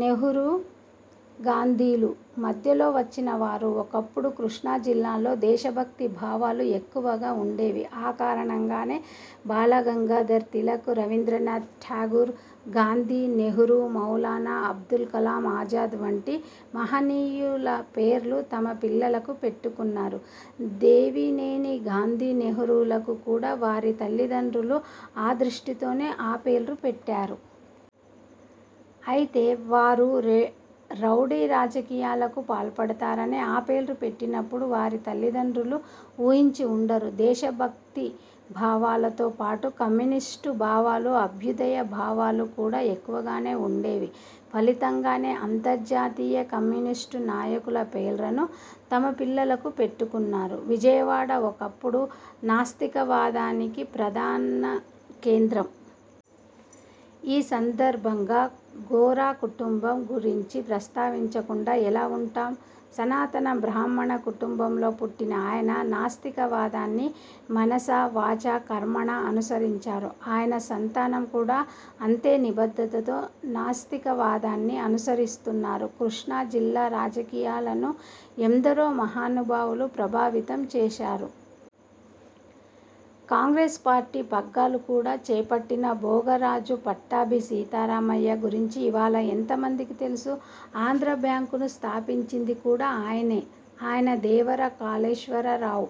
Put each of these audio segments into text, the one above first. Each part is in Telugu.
నెహ్రూ, గాంధీలు మధ్యలో వచ్చిన వారు. ఒకప్పుడు కృష్ణా జిల్లాలో దేశ భక్తి భావాలు ఎక్కువగా ఉండేవి. ఆ కారణంగానే బాలగంగాధర్ తిలక్, రవీంద్రనాథ్ ఠాగూర్, గాంధి, నెహ్రూ, మౌలానా అబుల్ కలాం ఆజాద్ వంటి మహనీయుల పేర్లు తమ పిల్లలకు పెట్టుకున్నారు. దేవినేని గాంధీ, నెహ్రూలకు కూడా వారి తల్లిదండ్రులు ఆ దృష్టితోనే ఆ పేర్లు పెట్టారు. అయితే వారు రౌడీ రాజకీయాలకు పాల్పడతారని ఆ పేర్లు పెట్టినప్పుడు వారి తల్లిదండ్రులు ఊహించి ఉండరు. దేశభక్తి భావాలతో పాటు కమ్యూనిస్టు భావాలు, అభ్యుదయ భావాలు కూడా ఎక్కువగానే ఉండేవి. ఫలితంగానే అంతర్జాతీయ కమ్యూనిస్టు నాయకుల పేర్లను తమ పిల్లలకు పెట్టుకున్నారు. విజయవాడ ఒకప్పుడు నాస్తికవాదానికి ప్రధాన కేంద్రం. ఈ సందర్భంగా గోరా కుటుంబం గురించి ప్రస్తావించకుండా ఎలా ఉంటాం? సనాతన బ్రాహ్మణ కుటుంబంలో పుట్టిన ఆయన నాస్తిక వాదాన్ని మనసా, వాచా, కర్మణా అనుసరించారు. ఆయన సంతానం కూడా అంతే నిబద్ధతతో నాస్తిక వాదాన్ని అనుసరిస్తున్నారు. కృష్ణా జిల్లా రాజకీయాలను ఎందరో మహానుభావులు ప్రభావితం చేశారు. కాంగ్రెస్ పార్టీ పగ్గాలు కూడా చేపట్టిన భోగ రాజు పట్టాభి సీతారామయ్య గురించి ఇవాళ ఎంత మందికి తెలుసు? ఆంధ్రా బ్యాంకును స్థాపించింది కూడా ఆయనే! Ayyadevara Kaleswara Rao,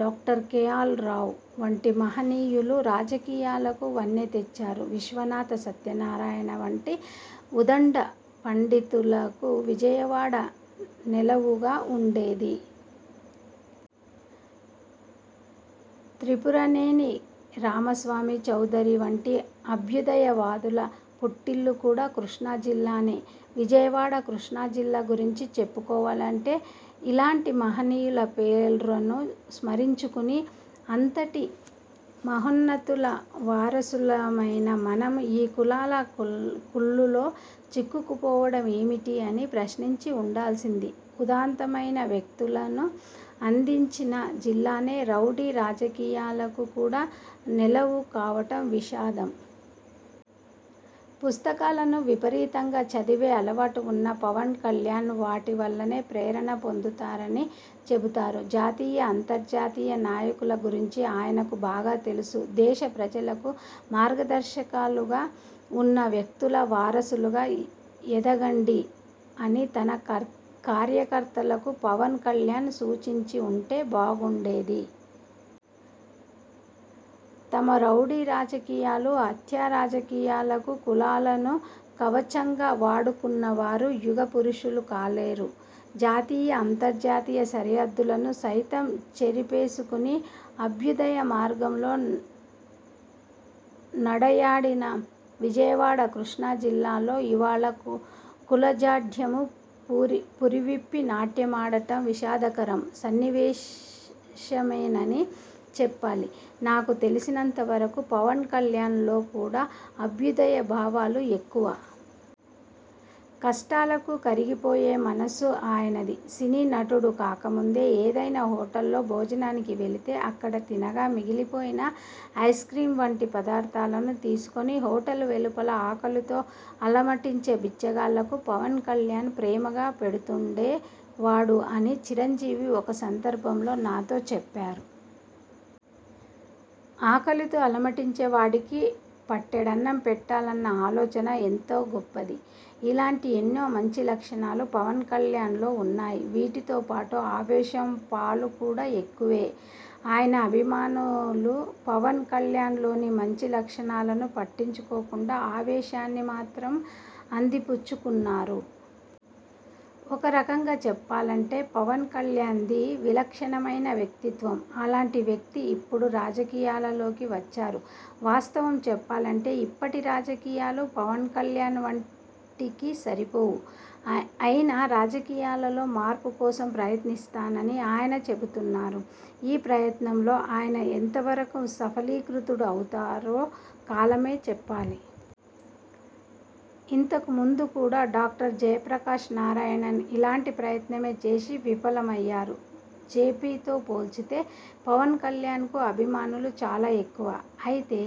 doctor K. L. Rao వంటి మహనీయులు రాజకీయాలకు వన్నె తెచ్చారు. విశ్వనాథ సత్యనారాయణ వంటి ఉద్ధండ పండితులకు విజయవాడ నెలవుగా ఉండేది. త్రిపురనేని రామస్వామి చౌదరి వంటి అభ్యుదయ వాదుల పుట్టిల్లు కూడా కృష్ణా జిల్లానే! విజయవాడ, కృష్ణా జిల్లా గురించి చెప్పుకోవాలంటే ఇలాంటి మహనీయుల పేర్లను స్మరించుకుని, అంతటి మహోన్నతుల వారసులమైన మనం ఈ కులాల కుళ్లులో చిక్కుకోవడం ఏమిటి? అని ప్రశ్నించి ఉండాల్సింది. ఉదాత్తమైన వ్యక్తులను అందించిన జిల్లానే రౌడీ రాజకీయాలకు కూడా నెలవు కావడం విషాదం. పుస్తకాలను విపరీతంగా చదివే అలవాటు ఉన్న పవన్ కల్యాణ్ వాటి వల్లనే ప్రేరణ పొందుతారని చెబుతారు. జాతీయ, అంతర్జాతీయ నాయకుల గురించి ఆయనకు బాగా తెలుసు. దేశ ప్రజలకు మార్గదర్శకులుగా ఉన్న వ్యక్తుల వారసులుగా ఎదగండి అని తన కార్యకర్తలకు పవన్ కల్యాణ్ సూచించి ఉంటే బాగుండేది. తమ రౌడీ రాజకీయాలు, హత్యా రాజకీయాలకు కులాలను కవచంగా వాడుకున్నవారు యుగ పురుషులు కాలేరు. జాతీయ, అంతర్జాతీయ సరిహద్దులను సైతం చెరిపేసుకుని అభ్యుదయ మార్గంలో నడయాడిన విజయవాడ, కృష్ణా జిల్లాలో ఇవ్వాళ కుల జాఢ్యం పురి విప్పి నాట్యమాడటం విషాదకర సన్నివేశమేనని చెప్పాలి. నాకు తెలిసినంత వరకు పవన్ కల్యాణ్ లో కూడా అభ్యుదయ భావాలు ఎక్కువ! కష్టాలకు కరిగిపోయే మనసు ఆయనది! సినీ నటుడు కాకముందే ఏదైనా హోటల్లో భోజనానికి వెళితే అక్కడ తినగా మిగిలిపోయిన ఐస్క్రీమ్ వంటి పదార్థాలను తీసుకుని హోటల్ వెలుపల ఆకలితో అలమటించే బిచ్చగాళ్లకు పవన్ కల్యాణ్ ప్రేమగా పెడుతుండే వాడు అని చిరంజీవి ఒక సందర్భంలో నాతో చెప్పారు. ఆకలితో అలమటించే వాడికి పట్టెడన్నం పెట్టాలన్న ఆలోచన ఎంతో గొప్పది. ఇలాంటి ఎన్నో మంచి లక్షణాలు పవన్ కల్యాణ్ లో ఉన్నాయి. వీటితో పాటు ఆవేశం పాలు కూడా ఎక్కువే! ఆయన అభిమానులు పవన్ కల్యాణ్ లోని మంచి లక్షణాలను పట్టించుకోకుండా ఆవేశాన్ని మాత్రం అందిపుచ్చుకున్నారు. ఒక రకంగా చెప్పాలంటే పవన్ కల్యాణ్ది విలక్షణమైన వ్యక్తిత్వం. అలాంటి వ్యక్తి ఇప్పుడు రాజకీయాలలోకి వచ్చారు. వాస్తవం చెప్పాలంటే ఇప్పటి రాజకీయాలు పవన్ కల్యాణ్ వంటికి సరిపోవు. అయినా రాజకీయాలలో మార్పు కోసం ప్రయత్నిస్తానని ఆయన చెబుతున్నారు. ఈ ప్రయత్నంలో ఆయన ఎంతవరకు సఫలీకృతుడు అవుతారో కాలమే చెప్పాలి. ఇంతకు ముందు కూడా డాక్టర్ జయప్రకాశ్ నారాయణ్ ఇలాంటి ప్రయత్నమే చేసి విఫలం అయ్యారు. జేపీతో పోల్చితే పవన్ కల్యాణ్కు అభిమానులు చాలా ఎక్కువ. అయితే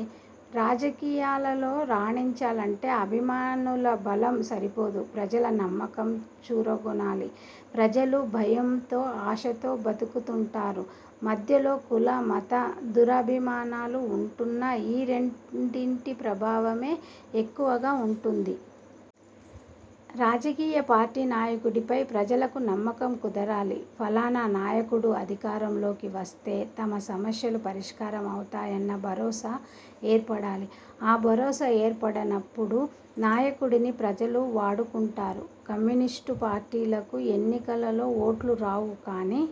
రాజకీయాలలో రాణించాలంటే అభిమానుల బలం సరిపోదు. ప్రజల నమ్మకం చూరగొనాలి. ప్రజలు భయంతో, ఆశతో బతుకుతుంటారు. మధ్యలో కుల, మత దురభిమానాలు ఉంటున్నా ఈ రెండింటి ప్రభావమే ఎక్కువగా ఉంటుంది. రాజకీయ పార్టీ నాయకుడిపై ప్రజలకు నమ్మకం కుదరాలి. ఫలానా నాయకుడు అధికారంలోకి వస్తే తమ సమస్యలు పరిష్కారం అవుతాయన్న భరోసా ఏర్పడాలి. ఆ భరోసా ఏర్పడనప్పుడు నాయకుడిని ప్రజలు వాడుకుంటారు. కమ్యూనిస్టు పార్టీలకు ఎన్నికలలో ఓట్లు రావు కానీ